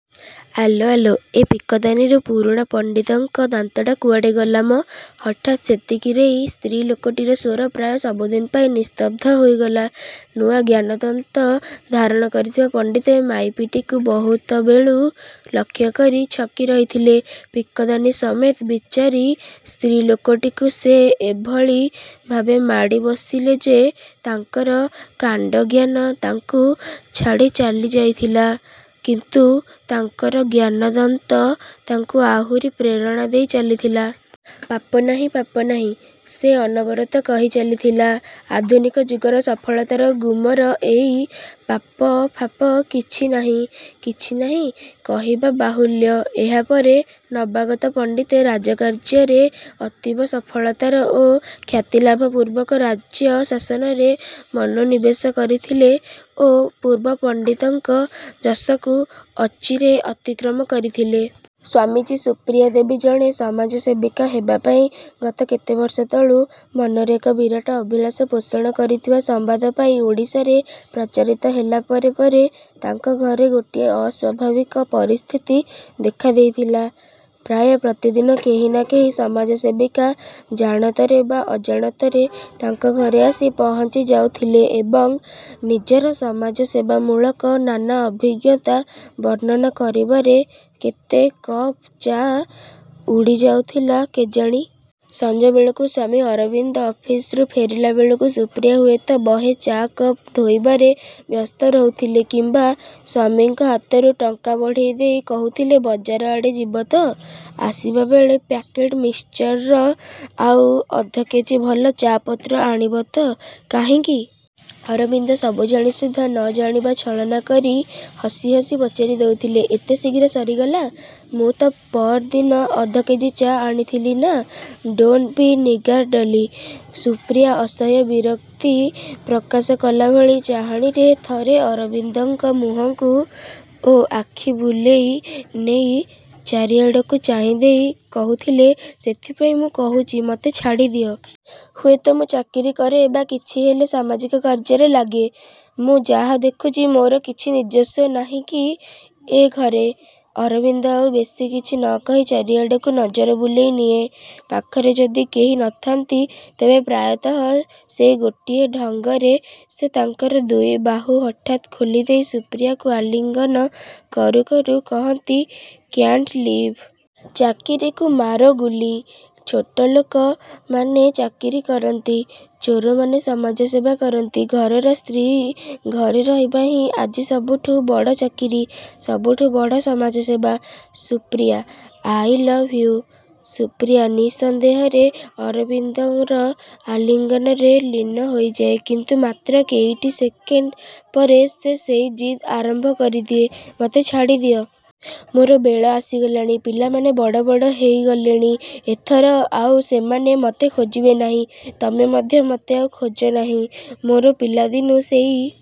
"ଆଲୋ ଆଲୋ, ଏ ପିକଦାନୀରୁ ପୁରୁଣା ପଣ୍ଡିତଙ୍କ ଦାନ୍ତଟା କୁଆଡ଼େ ଗଲାମ! " ହଠାତ୍ ସେତିକିରେଇ ସ୍ତ୍ରୀ ଲୋକଟିର ସ୍ଵର ପ୍ରାୟ ସବୁଦିନ ପାଇଁ ନିସ୍ତବ୍ଧ ହୋଇଗଲା। ନୂଆ ଜ୍ଞାନଦନ୍ତ ଧାରଣ କରିଥିବା ପଣ୍ଡିତେ ମାଇପିଟିକୁ ବହୁତବେଳୁ ଲକ୍ଷ୍ୟ କରି ଛକି ରହିଥିଲେ। ପିକଦାନୀ ସମେତ୍ ବିଚାରୀ ସ୍ତ୍ରୀ ଲୋକଟିକୁ ସେ ଏଭଳି ଭାବେ ମାଡ଼ି ବସିଲେ ଯେ, ତାଙ୍କର କାଣ୍ଡଜ୍ଞାନ ତାଙ୍କୁ ଛାଡ଼ି ଚାଲି ଯାଇଥିଲା, କିନ୍ତୁ ତାଙ୍କର ଜ୍ଞାନଦନ୍ତ ତାଙ୍କୁ ଆହୁରି ପ୍ରେରଣା ଦେଇ ଚାଲିଥିଲା। "ପାପ ନାହିଁ, ପାପ ନାହିଁ... " ସେ ଅନବରତ କହି ଚାଲିଥିଲା, "ଆଧୁନିକ ଯୁଗର ସଫଳତାର ଗୁମର ଏଇ–ପାପ ଫାପ କିଛି ନାହିଁ। କିଛି ନାହିଁ! " କହିବା ବାହୁଲ୍ୟ–ଏହାପରେ ନବାଗତ ପଣ୍ଡିତେ ରାଜକାର୍ଯ୍ୟରେ ଅତୀବ ସଫଳତାର ଓ ଖ୍ୟାତିଲାଭ ପୂର୍ବକ ରାଜ୍ୟ ଶାସନରେ ମନୋନିବେଶ କରିଥିଲେ ଓ ପୂର୍ବ ପଣ୍ଡିତଙ୍କ ଯଶକୁ ଅଚିରେ ଅତିକ୍ରମ କରିଥିଲେ। ସ୍ୱାମୀଜୀ ସୁପ୍ରିୟା ଦେବୀ ଜଣେ ସମାଜସେବିକା ହେବା ପାଇଁ ଗତ କେତେବର୍ଷ ତଳୁ ମନରେ ଏକ ବିରାଟ ଅଭିଳାଷ ପୋଷଣ କରିଥିବା ସମ୍ବାଦ ପାଇ ଓଡ଼ିଶାରେ ପ୍ରଚାରିତ ହେଲା ପରେ ପରେ ତାଙ୍କ ଘରେ ଗୋଟିଏ ଅସ୍ୱଭାବିକ ପରିସ୍ଥିତି ଦେଖା ଦେଇଥିଲା। ପ୍ରାୟ ପ୍ରତିଦିନ କେହି ନା କେହି ସମାଜସେବିକା ଜାଣତରେ ବା ଅଜାଣତରେ ତାଙ୍କ ଘରେ ଆସି ପହଁଞ୍ଚି ଯାଉଥିଲେ ଏବଂ ନିଜର ସମାଜସେବାମୂଳକ ନାନା ଅଭିଜ୍ଞତା ବର୍ଣ୍ଣନା କରିବାରେ କେତେ କପ୍ ଚା ଉଡ଼ିଯାଉଥିଲା କେଜାଣି-। ସଞ୍ଜବେଳକୁ ସ୍ୱାମୀ ଅରବିନ୍ଦ ଅଫିସରୁ ଫେରିଲା ବେଳକୁ ସୁପ୍ରିୟା ହୁଏତ ବହେ ଚା କପ୍ ଧୋଇବାରେ ବ୍ୟସ୍ତ ରହୁଥିଲେ କିମ୍ବା ସ୍ୱାମୀଙ୍କ ହାତରୁ ଟଙ୍କା ବଢ଼େଇ ଦେଇ କହୁଥିଲେ ବଜାର ଆଡ଼େ ଯିବତ? ଆସିବାବେଳେ ପ୍ୟାକେଟ ମିକ୍ସଚର ଆଉ ଅଧକେଜି ଭଲ ଚା'ପତ୍ର ଆଣିବତ! "କାହିଁକି? ", ଅରବିନ୍ଦ ସବୁଜାଣି ସୁଦ୍ଧା ନ ଜାଣିବା ଛଳନା କରି ହସି ହସି ପଚାରି ଦଉଥିଲେ, "ଏତେ ଶୀଘ୍ର ସରିଗଲା? ମୁଁ ତ ପଅର ଦିନ ଅଧକେଜି ଚା'ଆଣିଥିଲି ନା! " "ଡୋଣ୍ଟ୍ ବି ନିଗାର୍ଡ଼ଲି! " ସୁପ୍ରିୟା ଅସହ୍ୟ ବିରକ୍ତି ପ୍ରକାଶ କଲାଭଳି ଚାହାଣୀରେ ଥରେ ଅରବିନ୍ଦଙ୍କ ମୁହଁକୁ ଓ ଆଖି ବୁଲେଇ ନେଇ ଚାରିଆଡ଼କୁ ଚାହିଁ ଦେଇ କହୁଥିଲେ, "ସେଥିପାଇଁ ମୁଁ କହୁଛି ମତେ ଛାଡ଼ିଦିଅ! ହୁଏତ ମୁଁ ଚାକିରି କରେ ବା କିଛି ହେଲେ ସାମାଜିକ କାର୍ଯ୍ୟରେ ଲାଗେ। ମୁଁ ଯାହା ଦେଖୁଛି ମୋର କିଛି ନିଜସ୍ଵ ନାହିଁ କି ଏ ଘରେ। " ଅରବିନ୍ଦ ଆଉ ବେଶୀ କିଛି ନକହି ଚାରିଆଡ଼କୁ ନଜର ବୁଲେଇ ନିଏ। ପାଖରେ ଯଦି କେହି ନଥାନ୍ତି, ତେବେ ପ୍ରାୟତଃ ସେ ଗୋଟିଏ ଢଙ୍ଗରେ ସେ ତାଙ୍କର ଦୁଇବାହୁ ହଠାତ୍ ଖୋଲିଦେଇ ସୁପ୍ରିୟାକୁ ଆଲିଙ୍ଗନ କରୁକରୁ କହନ୍ତି, "କ୍ୟାଣ୍ଟଲିଭ୍! ଚାକିରିକୁ ମାରୋ ଗୁଲି। ଛୋଟଲୋକ ମାନେ ଚାକିରି କରନ୍ତି। ଚୋରମାନେ ସମାଜସେବା କରନ୍ତି। ଘରର ସ୍ତ୍ରୀ ଘରେ ରହିବା ହିଁ ଆଜି ସବୁଠୁ ବଡ଼ ଚାକିରି, ସବୁଠୁ ବଡ଼ ସମାଜସେବା। ସୁପ୍ରିୟା–ଆଇ ଲଭ୍ ୟୁ! " ସୁପ୍ରିୟା ନିଃସନ୍ଦେହରେ ଅରବିନ୍ଦର ଆଲିଙ୍ଗନରେ ଲୀନ ହୋଇଯାଏ। କିନ୍ତୁ ମାତ୍ର କେଇଟି ସେକେଣ୍ଡ ପରେ ସେ ସେଇ ଜିଦ୍ ଆରମ୍ଭ କରିଦିଏ– "ମତେ ଛାଡ଼ିଦିଅ। ମୋର ବେଳ ଆସିଗଲାଣି। ପିଲାମାନେ ବଡ଼ ବଡ଼ ହେଇଗଲେଣି-। ଏଥର ଆଉ ସେମାନେ ମତେ ଖୋଜିବେ ନାହିଁ। ତମେ ମଧ୍ୟ ମତେ ଆଉ ଖୋଜ ନାହିଁ। ମୋର ପିଲାଦିନୁ ସେଇ